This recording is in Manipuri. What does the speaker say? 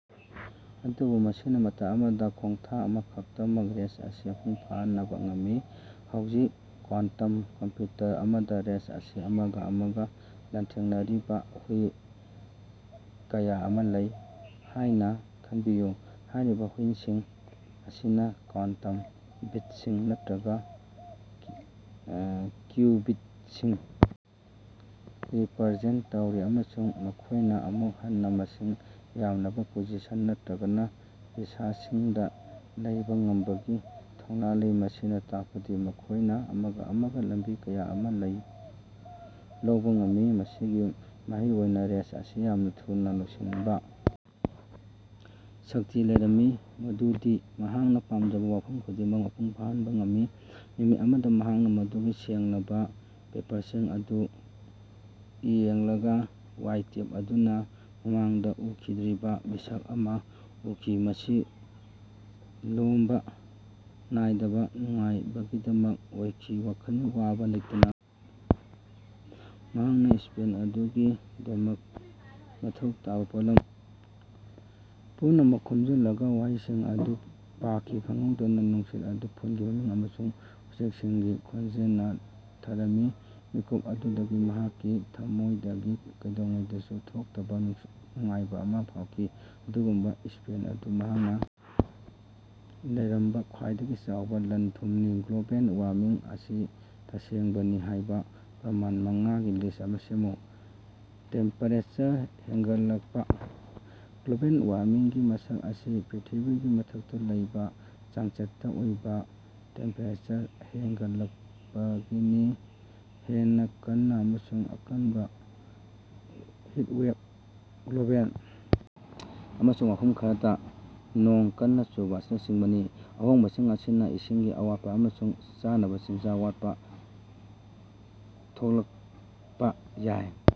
ꯑꯗꯨꯕꯨ ꯃꯁꯤꯅ ꯃꯇꯝ ꯑꯃꯗ ꯈꯣꯡꯊꯥꯡ ꯑꯃꯈꯛꯇꯃꯛ ꯔꯦꯁ ꯑꯁꯤ ꯃꯄꯨꯡ ꯐꯥꯍꯟꯕ ꯉꯝꯃꯤ꯫ ꯍꯧꯖꯤꯛ, ꯀ꯭ꯌꯥꯟꯇꯝ ꯀꯝꯄꯌꯨꯇꯔ ꯑꯃꯗ ꯔꯦꯁ ꯑꯁꯤ ꯑꯃꯒ ꯑꯃꯒ ꯂꯥꯟꯊꯦꯡꯅꯔꯤꯕ ꯍꯨꯏ ꯀꯌꯥ ꯑꯃ ꯂꯩ ꯍꯥꯏꯅ ꯈꯟꯕꯤꯌꯨ꯫ ꯍꯥꯏꯔꯤꯕ ꯍꯨꯏꯁꯤꯡ ꯑꯁꯤꯅ ꯀ꯭ꯌꯥꯟꯇꯝ ꯕꯤꯠꯁꯤꯡ ꯅꯠꯇ꯭ꯔꯒꯥ ꯀ꯭ꯌꯨꯕꯤꯠꯁꯤꯡ ꯔꯤꯄꯔꯖꯦꯟꯇ ꯇꯧꯔꯤ, ꯑꯃꯁꯨꯡ ꯃꯈꯣꯏꯅ ꯑꯃꯨꯛ ꯍꯟꯅ ꯃꯁꯤꯡ ꯌꯥꯝꯂꯕ ꯄꯣꯖꯤꯁꯟ ꯅꯠꯇ꯭ꯔꯒꯥ ꯔꯥꯖ꯭ꯌꯁꯤꯡꯗ ꯂꯩꯕꯥ ꯉꯝꯕꯒꯤ ꯊꯧꯅ ꯂꯩ, ꯃꯁꯤꯅ ꯇꯥꯛꯄꯗꯤ ꯃꯈꯣꯏꯅ ꯑꯃꯒ ꯑꯃꯒ ꯂꯝꯕꯤ ꯀꯌꯥ ꯑꯃ ꯂꯧꯕ ꯉꯝꯃꯤ꯫ ꯃꯁꯤꯒꯤ ꯃꯍꯩ ꯑꯣꯏꯅ ꯔꯦꯁ ꯑꯁꯤ ꯌꯥꯝꯅ ꯊꯨꯅ ꯂꯣꯏꯁꯤꯟꯕ ꯁꯛꯇꯤ ꯂꯩꯔꯝꯏ ꯃꯗꯨꯗꯤ ꯃꯍꯥꯛꯅ ꯄꯥꯝꯖꯕ ꯋꯥꯐꯝ ꯈꯨꯗꯤꯡꯃꯛ ꯃꯄꯨꯡ ꯐꯥꯍꯟꯕ ꯉꯝꯈꯤ꯫ ꯅꯨꯃꯤꯠ ꯑꯃꯗ, ꯃꯍꯥꯛꯅ ꯃꯗꯨꯒꯤ ꯁꯦꯡꯂꯕ ꯄꯦꯄ꯭ꯔꯁꯤꯡ ꯑꯗꯨ ꯌꯦꯡꯂꯒꯥ, ꯋꯥꯏꯇꯦꯞ ꯑꯗꯨꯅ ꯃꯃꯥꯡꯗ ꯎꯈꯤꯗ꯭ꯔꯤꯕ ꯃꯤꯁꯛ ꯑꯃ ꯎꯈꯤ; ꯃꯁꯤ ꯂꯣꯝꯕ ꯅꯥꯏꯗꯕ ꯅꯨꯡꯉꯥꯏꯕꯒꯤꯗꯃꯛ ꯑꯣꯏꯈꯤ꯫ ꯋꯥꯈꯜ ꯋꯥꯕ ꯂꯩꯇꯅ ꯃꯍꯥꯛꯅ ꯏꯁ꯭ꯄꯦꯜ ꯑꯗꯨꯒꯤꯗꯃꯛ ꯃꯊꯧ ꯇꯥꯕ ꯄꯣꯠꯂꯝ ꯄꯨꯝꯅꯃꯛ ꯈꯣꯝꯖꯤꯜꯂꯒꯥ ꯋꯥꯍꯩꯁꯤꯡ ꯑꯗꯨ ꯄꯥꯈꯤ꯫ ꯈꯪꯍꯧꯗꯅ ꯅꯨꯡꯁꯤꯠ ꯑꯗꯨ ꯐꯨꯜꯒꯤ ꯃꯃꯤ ꯑꯃꯁꯨꯡ ꯎꯆꯦꯛꯁꯤꯡꯒꯤ ꯈꯣꯟꯖꯦꯜꯅ ꯊꯜꯂꯝꯃꯤ꯫ ꯃꯤꯀꯨꯞ ꯑꯗꯨꯗꯒꯤ ꯃꯍꯥꯛꯀꯤ ꯊꯝꯃꯣꯏꯗꯒꯤ ꯀꯩꯗꯧꯉꯩꯗꯁꯨ ꯊꯣꯛꯇꯕ ꯅꯨꯡꯉꯥꯏꯕ ꯑꯃ ꯐꯥꯎꯈꯤ꯫ ꯑꯗꯨꯒꯨꯝꯕ ꯏꯁ꯭ꯄꯦꯜ ꯑꯗꯨ ꯃꯍꯥꯛꯅ ꯂꯩꯔꯝꯕ ꯈ꯭ꯋꯥꯏꯗꯒꯤ ꯆꯥꯎꯕ ꯂꯟ-ꯊꯨꯝꯅꯤ꯫ ꯒ꯭ꯂꯣꯕꯦꯜ ꯋꯥꯔꯃꯤꯡ ꯑꯁꯤ ꯇꯁꯦꯡꯕꯅꯤ ꯍꯥꯏꯕ ꯄ꯭ꯔꯃꯥꯟ ꯃꯉꯥꯒꯤ ꯂꯤꯁ ꯑꯃ ꯁꯦꯝꯃꯨ꯫ ꯇꯦꯝꯄꯦꯔꯦꯆꯔ ꯍꯦꯟꯒꯠꯂꯛꯄ: ꯒ꯭ꯂꯣꯕꯦꯜ ꯋꯥꯔꯃꯤꯡꯒꯤ ꯃꯁꯛ ꯑꯁꯤ ꯄ꯭ꯔꯤꯊꯤꯕꯤꯒꯤ ꯃꯊꯛꯇ ꯂꯩꯕ ꯆꯥꯡꯆꯠꯇ ꯑꯣꯏꯕ ꯇꯦꯝꯄꯦꯔꯦꯆꯔ ꯍꯦꯟꯒꯠꯂꯛꯄꯅꯤ꯫ ꯍꯦꯟꯅ ꯀꯟꯅ ꯑꯃꯁꯨꯡ ꯑꯀꯟꯕ ꯍꯤꯇꯋꯦꯕ: ꯒ꯭ꯂꯣꯕꯦꯜ ꯑꯃꯁꯨꯡ ꯃꯐꯝ ꯈꯔꯗ ꯅꯣꯡ ꯀꯟꯅ ꯆꯨꯕ ꯑꯁꯤꯅꯆꯤꯡꯕꯅꯤ꯫ ꯑꯍꯣꯡꯕꯁꯤꯡ ꯑꯁꯤꯅ ꯏꯁꯤꯡꯒꯤ ꯑꯋꯥꯠꯄ ꯑꯃꯁꯨꯡ ꯆꯥꯅꯕ ꯆꯤꯟꯖꯥꯛ ꯋꯥꯠꯄ ꯊꯣꯈꯜꯂꯛꯄ ꯌꯥꯏ꯫